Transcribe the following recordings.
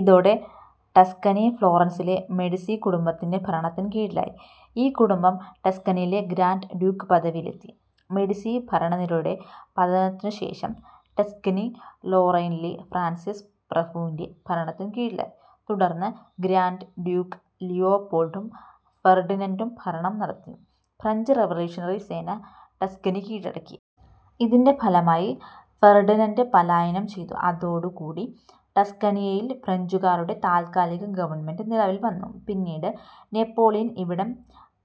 ഇതോടെ Tuscany ഫ്ലോറൻസിലെ Medici കുടുംബത്തിൻ്റെ ഭരണത്തിൻ കീഴിലായി. ഈ കുടുംബം ടസ്കനിയിലെ ഗ്രാൻഡ് ഡ്യൂക്ക് പദവിയിലെത്തി. മെഡിസി ഭരണനിരയുടെ പതനത്തിനുശേഷം ടസ്കനി ലൊറെയ്നിലെ ഫ്രാൻസിസ് പ്രഭുവിൻ്റെ ഭരണത്തിൻകീഴിലായി. തുടർന്ന് ഗ്രാൻഡ് ഡ്യൂക്ക് ലിയോപോൾഡും ഫെർഡിനന്റും ഭരണം നടത്തി. ഫ്രഞ്ച് റവല്യൂഷണറി സേന ടസ്കനി കീഴടക്കി. ഇതിൻ്റെ ഫലമായി ഫെർഡിനന്റ് പലായനം ചെയ്തു. അതോടുകൂടി ടസ്കനിയിൽ ഫ്രഞ്ചുകാരുടെ താത്കാലിക ഗവൺമെന്റ് നിലവിൽ വന്നു. പിന്നീട് നെപ്പോളിയൻ ഇവിടം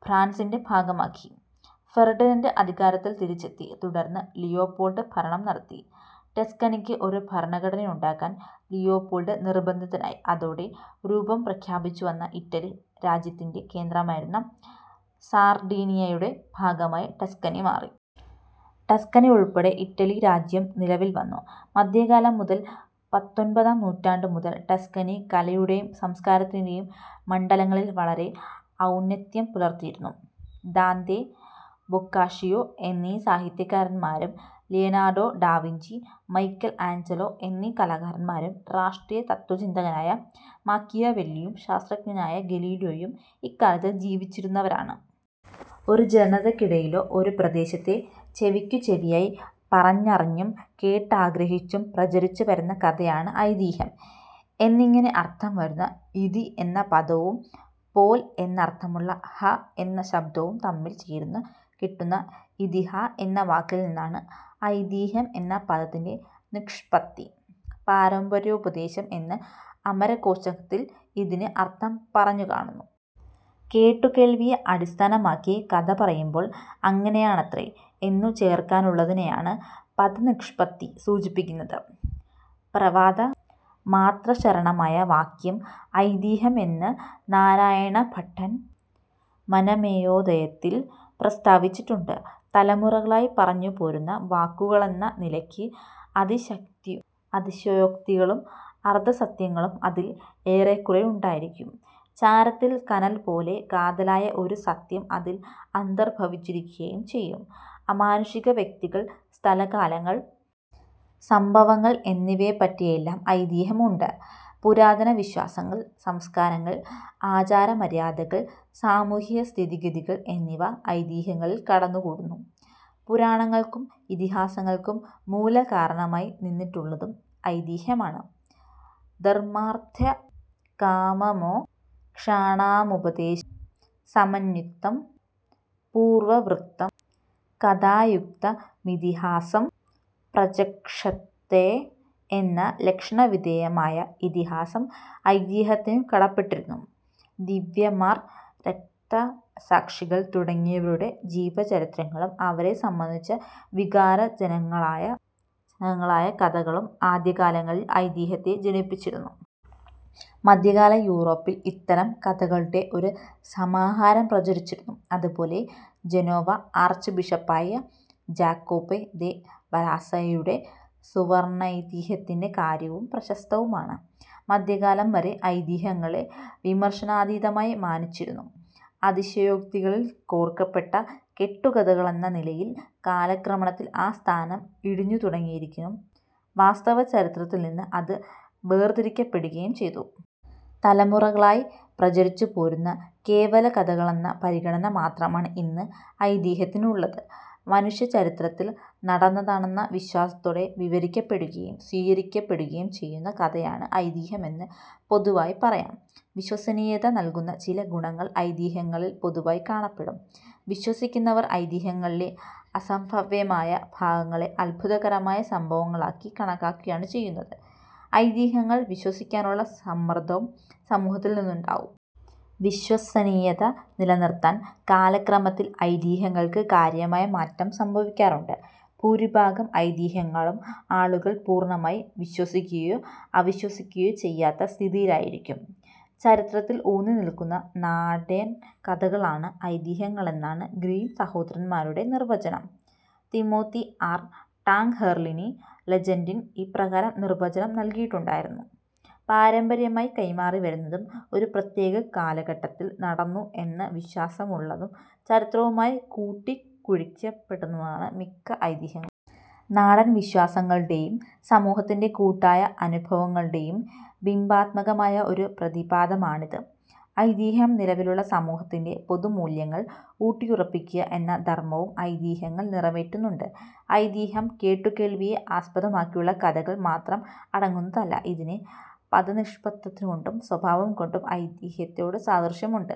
ഫ്രാൻസിൻ്റെ ഭാഗമാക്കി. ഫെർഡിനന്റ് അധികാരത്തിൽ തിരിച്ചെത്തി. തുടർന്ന് ലിയോപോൾഡ് ഭരണം നടത്തി. ടസ്കനിക്ക് ഒരു ഭരണഘടനയുണ്ടാക്കാൻ ലിയോപോൾഡ് നിർബന്ധിതനായി. അതോടെ രൂപംപ്രാപിച്ചുവന്ന ഇറ്റലി രാജ്യത്തിൻ്റെ കേന്ദ്രമായിരുന്ന സാർഡീനിയയുടെ ഭാഗമായി ടസ്കനി മാറി. ടസ്കനി ഉൾപ്പെട്ട ഇറ്റലി രാജ്യം നിലവിൽവന്നു. മധ്യകാലം മുതൽ പത്തൊൻപതാം നൂറ്റാണ്ടു മുതൽ ടസ്കനി കലയുടെയും സംസ്കാരത്തിൻ്റെ യും മണ്ഡലങ്ങളിൽ വളരെ ഔന്നത്യം പുലർത്തിയിരുന്നു. ദാന്തെ. ബൊക്കാഷിയോ എന്നീ സാഹിത്യകാരന്മാരും ലിയനാർഡോ ഡാവിഞ്ചി. മൈക്കൽ ആഞ്ചലോ എന്നീ കലാകാരന്മാരും റാഷ്ട്രീയ തത്ത്വചിന്തകനായ മാക്കിയവെല്ലിയും ശാസ്ത്രജ്ഞനായ ഗലീലിയോയും ഇക്കാലത്ത് ജീവിച്ചിരുന്നവരാണ്. ഒരു ജനതയ്ക്കിടയിലോ ഒരു പ്രദേശത്തെ ചെവിക്കുചെവിയായി പറഞ്ഞറിഞ്ഞും കേട്ടുഗ്രഹിച്ചും പ്രചരിച്ചുവരുന്ന കഥയാണ് ഐതിഹ്യം. എന്നിങ്ങനെ എന്നർഥം വരുന്ന ഇതി എന്ന പദവും പോൽ എന്നർഥമുള്ള ഹ എന്ന ശബ്ദവും തമ്മിൽ ചേരുന്ന കിട്ടുന്ന ഇതിഹ എന്ന വാക്കിൽനിന്നാണ് ഐതിഹ്യം എന്ന പദത്തിൻ്റെ നിഷ്പത്തി. പാരമ്പര്യോപദേശം എന്ന് അമരകോശത്തിൽ ഇതിന് അർഥം പറഞ്ഞുകാണുന്നു. കേട്ടുകേൾവിയെ അടിസ്ഥാനമാക്കി കഥ പറയുമ്പോൾ അങ്ങനെയാണത്രേ എന്നു ചേർക്കാറുള്ളതിനെയാണ് പദനിഷ്പത്തി സൂചിപ്പിക്കുന്നത്. പ്രവാദമാത്രശരണമായ വാക്യം ഐതിഹ്യം എന്ന് നാരായണഭട്ടൻ മനമേയോദയത്തിൽ പ്രസ്താവിച്ചിട്ടുണ്ട്. തലമുറകളായി പറഞ്ഞുപോരുന്ന വാക്കുകളെന്ന നിലയ്ക്ക് അതിശക്തി അതിശയോക്തികളും അർധസത്യങ്ങളും അതിൽ ഏറെയുണ്ടായിരിക്കും. ചാരത്തിൽ കനൽപോലെ കാതലായ ഒരു സത്യം അതിൽ അന്തർഭവിച്ചിരിക്കുകയും ചെയ്യും. അമാനുഷിക വ്യക്തികൾ. സ്ഥലകാലങ്ങൾ. സംഭവങ്ങൾ എന്നിവയെപ്പറ്റിയെല്ലാം ഐതിഹ്യമുണ്ട്. പുരാതന വിശ്വാസങ്ങൾ. സംസ്കാരങ്ങൾ. ആചാരമര്യാദകൾ. സാമൂഹികസ്ഥിതിഗതികൾ എന്നിവ ഐതിഹ്യങ്ങളിൽ കടന്നുകൂടുന്നു. പുരാണങ്ങൾക്കും ഇതിഹാസങ്ങൾക്കും മൂലകാരണമായി നിന്നിട്ടുള്ളതും ഐതിഹ്യമാണ്. ധർമാർഥകാമമോക്ഷാണാമുപദേശസമന്വിതം പൂർവവൃത്തം കഥായുക്തമിതിഹാസം പ്രചക്ഷതേ എന്ന ലക്ഷണവിധേയമായ ഇതിഹാസം ഐതിഹ്യത്തിനു കടപ്പെട്ടിരുന്നു. ദിവ്യന്മാർ. രക്തസാക്ഷികൾ തുടങ്ങിയവരുടെ ജീവചരിത്രങ്ങളും അവരെ സംബന്ധിച്ച വികാരജനകങ്ങളായ ജനങ്ങളായ കഥകളും ആദ്യകാലങ്ങളിൽ ഐതിഹ്യത്തെ ജനിപ്പിച്ചിരുന്നു. മധ്യകാല യൂറോപ്പിൽ ഇത്തരം കഥകളുടെ ഒരു സമാഹാരം പ്രചരിച്ചിരുന്നു. അതുപോലെ ജനോവ ആർച്ച് ബിഷപ്പായിരുന്ന ജാകൊപോ ദെ വരാസ്സായുടെ സുവർണൈതിഹ്യത്തിൻ്റെ കാര്യവും പ്രശസ്ഥവുമാണ് മധ്യകാലം വരെ ഐതിഹ്യങ്ങളെ വിമർശനാതീതമായി മാനിച്ചിരുന്നു. അതിശയോക്തികളിൽ കോർക്കപ്പെട്ട കെട്ടുകഥകളെന്ന നിലയിൽ കാലക്രമത്തിൽ ആ സ്ഥാനം ഇടിഞ്ഞുതുടങ്ങിയിരിക്കുന്നു വാസ്തവചരിത്രത്തിൽനിന്ന് അത് വേർതിരിക്കപ്പെടുകയും ചെയ്തു. തലമുറകളായി പ്രചരിച്ചുപോരുന്ന കേവലകഥകളെന്ന പരിഗണന മാത്രമാണ് ഇന്ന് ഐതിഹ്യത്തിനുള്ളത്. മനുഷ്യചരിത്രത്തിൽ നടന്നതാണെന്ന വിശ്വാസത്തോടെ വിവരിക്കപ്പെടുകയും സ്വീകരിക്കപ്പെടുകയും ചെയ്യുന്ന കഥയാണ് ഐതിഹ്യം എന്ന് പൊതുവായി പറയാം. വിശ്വസനീയത നൽകുന്ന ചില ഗുണങ്ങൾ ഐതിഹ്യങ്ങളിൽ പൊതുവായി കാണപ്പെടും. വിശ്വസിക്കുന്നവർ ഐതിഹ്യങ്ങളിലെ അസംഭവ്യമായ ഭാഗങ്ങളെ അത്ഭുതകരമായ സംഭവങ്ങളാക്കി കണക്കാക്കുകയാണ് ചെയ്യുന്നത്. ഐതിഹ്യങ്ങൾ വിശ്വസിക്കാനുള്ള സമ്മർദവും സമൂഹത്തിൽനിന്നുണ്ടാകും. വിശ്വസനീയത നിലനിർത്താൻ കാലക്രമത്തിൽ ഐതിഹ്യങ്ങൾക്ക് കാര്യമായ മാറ്റം സംഭവിക്കാറുണ്ട്. ഭൂരിഭാഗം ഐതിഹ്യങ്ങളും ആളുകൾ പൂർണമായി വിശ്വസിക്കുകയോ അവിശ്വസിക്കുകയോ ചെയ്യാത്ത സ്ഥിതിയിലായിരിക്കും. ചരിത്രത്തിൽ ഊന്നിനിൽക്കുന്ന നാടൻകഥകളാണ് ഐതിഹ്യങ്ങളെന്നാണ് ഗ്രിം സഹോദരന്മാരുടെ നിർവചനം. Timothy R. ടാങ്ഹെർലിനി ലെജന്റിന് ഇപ്രകാരം നിർവചനം നൽകിയിട്ടുണ്ടായിരുന്നു. പാരമ്പര്യമായി കൈമാറിവരുന്നതും ഒരു പ്രത്യേക കാലഘട്ടത്തിൽ നടന്നു എന്നു വിശ്വാസമുള്ളതും ചരിത്രവുമായി കൂട്ടിക്കുഴച്ചപ്പെടുന്നതുമാണ് മിക്ക ഐതിഹ്യങ്ങളും. നാടൻ വിശ്വാസങ്ങളുടെയും സമൂഹത്തിൻ്റെ കൂട്ടായ അനുഭവങ്ങളുടെയും ബിംബാത്മകമായ ഒരു പ്രതിപാദനമാണിത്. ഐതിഹ്യം നിലവിലുള്ള സമൂഹത്തിൻ്റെ പൊതുമൂല്യങ്ങൾ ഊട്ടിയുറപ്പിക്കുക എന്ന ധർമവും ഐതിഹ്യങ്ങൾ നിറവേറ്റുന്നുണ്ട്. ഐതിഹ്യം കേട്ടുകേൾവിയെ ആസ്പദമാക്കിയുള്ള കഥകൾ മാത്രം അടങ്ങുന്നതല്ല. ഇതിഹാസത്തിന് പദനിഷ്പത്തികൊണ്ടും സ്വഭാവംകൊണ്ടും ഐതിഹ്യത്തോട് സാദൃശ്യമുണ്ട്.